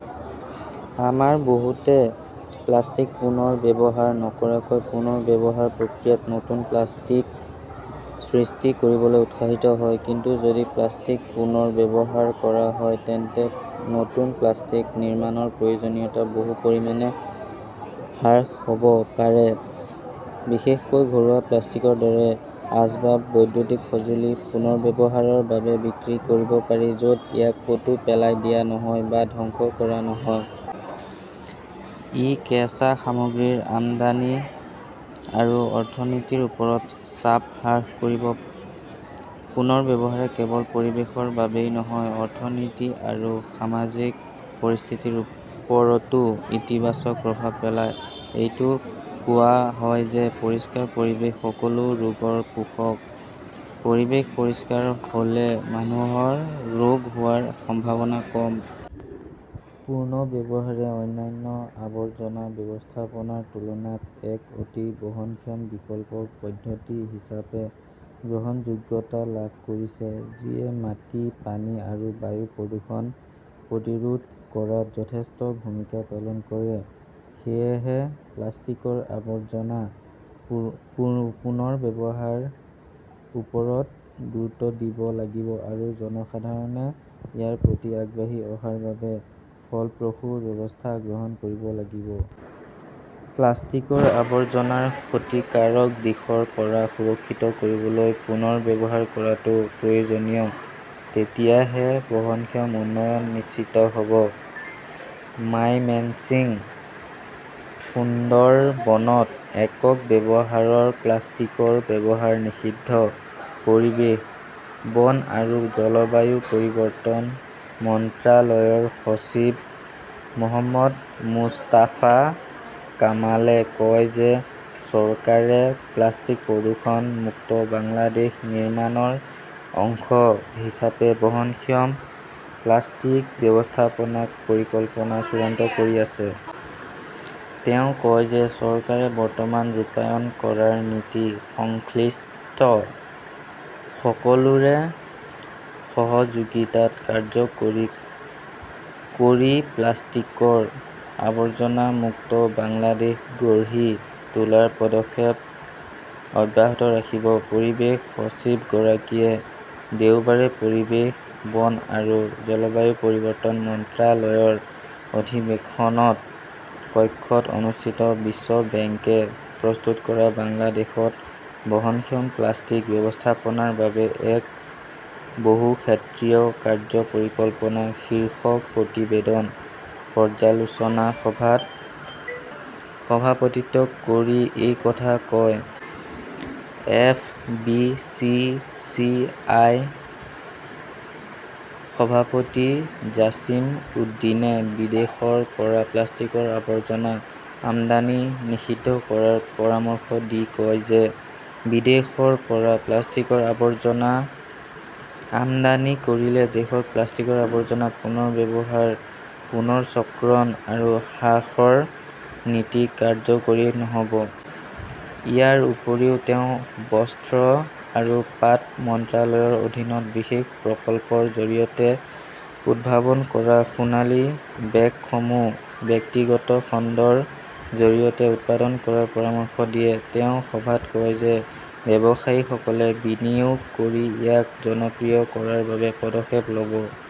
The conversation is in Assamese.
আমাৰ বহুতে প্লাষ্টিক পুনৰ ব্যৱহাৰ নকৰাকৈ পুনৰ ব্যৱহাৰ প্ৰক্ৰিয়াত নতুন প্লাষ্টিক সৃষ্টি কৰিবলৈ উৎসাহিত হয়। কিন্তু যদি প্লাষ্টিক পুনৰ ব্যৱহাৰ কৰা হয়, তেন্তে নতুন প্লাষ্টিক নিৰ্মাণৰ প্ৰয়োজনীয়তা বহু পৰিমাণে হ্ৰাস হ 'ব পাৰে। বিশেষকৈ ঘৰুৱা প্লাষ্টিকৰ দৰে আচবাব, বৈদ্যুতিক সঁজুলি পুনৰ্ব্যৱহাৰৰ বাবে বিক্ৰী কৰিব পাৰি য 'ত ইয়াক ক'তো পেলাই দিয়া নহয় বা ধ্বংস কৰা নহয়। ই কেঁচা সামগ্ৰীৰ আমদানি আৰু অৰ্থনীতিৰ ওপৰত চাপ হ্ৰাস কৰিব। পুনৰ্ব্যৱহাৰে কেৱল পৰিৱেশৰ বাবেই নহয়, অৰ্থনীতি আৰু সামাজিক পৰিস্থিতিৰ ওপৰতো ইতিবাচক প্ৰভাৱ পেলায়। এইটো কোৱা হয় যে, পৰিষ্কাৰ পৰিৱেশ সকলো ৰোগৰ পোষক। পৰিৱেশ পৰিষ্কাৰ হ'লে মানুহৰ ৰোগ হোৱাৰ সম্ভাৱনা কম। পুনৰ্ব্যৱহাৰে অন্যান্য আৱৰ্জনা ব্যৱস্থাপনাৰ তুলনাত এক অতি বহনক্ষম বিকল্প পদ্ধতি হিচাপে গ্ৰহণযোগ্যতা লাভ কৰিছে যিয়ে মাটি, পানী আৰু বায়ু প্ৰদূষণ প্ৰতিৰোধ কৰাত যথেষ্ট ভূমিকা পালন কৰে। সেয়েহে প্লাষ্টিকৰ আৱৰ্জনা পুৰ পুন পুনৰ্ব্যৱহাৰৰ ওপৰত গুৰুত্ব দিব লাগিব আৰু জনসাধাৰণে ইয়াৰ প্ৰতি আগবাঢ়ি অহাৰ বাবে ফলপ্ৰসূ ব্যৱস্থা গ্ৰহণ কৰিব লাগিব। প্লাষ্টিকৰ আৱৰ্জনাৰ ক্ষতিকাৰক দিশৰ পৰা সুৰক্ষিত কৰিবলৈ পুনৰ্ব্যৱহাৰ কৰাটো প্ৰয়োজনীয়। তেতিয়াহে বহনক্ষম উন্নয়ন নিশ্চিত হ'ব। মাইমেন্সিং সুন্দৰবনত একক ব্যৱহাৰৰ প্লাষ্টিকৰ ব্যৱহাৰ নিষিদ্ধ পৰিৱেশ, বন আৰু জলবায়ু পৰিৱৰ্তন মন্ত্ৰালয়ৰ সচিব মহম্মদ মুস্তাফা কামালে কয় যে, চৰকাৰে প্লাষ্টিক প্ৰদূষণ মুক্ত বাংলাদেশ নিৰ্মাণৰ অংশ হিচাপে বহনক্ষম প্লাষ্টিক ব্যৱস্থাপনা পৰিকল্পনা চূড়ান্ত কৰি আছে। তেওঁ কয় যে চৰকাৰে বৰ্তমান ৰূপায়ণ কৰাৰ নীতি সংশ্লিষ্ট সকলোৰে সহযোগিতাত কাৰ্যকৰী কৰি প্লাষ্টিকৰ আৱৰ্জনা মুক্ত বাংলাদেশ গঢ়ি তোলাৰ পদক্ষেপ অব্যাহত ৰাখিব। পৰিৱেশ সচিবগৰাকীয়ে দেওবাৰে পৰিৱেশ, বন আৰু জলবায়ু পৰিৱৰ্তন মন্ত্ৰালয়ৰ অধিৱেশন কক্ষত অনুষ্ঠিত বিশ্ব বেংকে প্ৰস্তুত কৰা বাংলাদেশত বহনক্ষম প্লাষ্টিক ব্যৱস্থাপনাৰ বাবে এক বহুক্ষেত্ৰীয় কাৰ্য্য পৰিকল্পনা শীৰ্ষক প্ৰতিবেদন পৰ্যালোচনা সভাত সভাপতিত্ব কৰি এই কথা কয়। F. B. C. C. I. ৰ সভাপতি জাছিম উদ্দীনে বিদেশৰ পৰা প্লাষ্টিকৰ আৱৰ্জনা আমদানি নিষিদ্ধ কৰাৰ পৰামৰ্শ দি কয় যে, বিদেশৰ পৰা প্লাষ্টিকৰ আৱৰ্জনা আমদানি কৰিলে দেশৰ প্লাষ্টিকৰ আৱৰ্জনা পুনৰ ব্যৱহাৰ, পুনৰচক্ৰণ আৰু হ্ৰাসৰ নীতি কাৰ্যকৰী নহ'ব। ইয়াৰ উপৰিও তেওঁ বস্ত্ৰ আৰু পাট মন্ত্ৰালয়ৰ অধীনত বিশেষ প্ৰকল্পৰ জৰিয়তে উদ্ভাৱন কৰা সোণালী বেগসমূহ ব্যক্তিগত খণ্ডৰ জৰিয়তে উৎপাদন কৰাৰ পৰামৰ্শ দিয়ে। তেওঁ সভাত কয় যে, ব্যৱসায়ীসকলে বিনিয়োগ কৰি ইয়াক জনপ্ৰিয় কৰাৰ বাবে পদক্ষেপ ল'ব।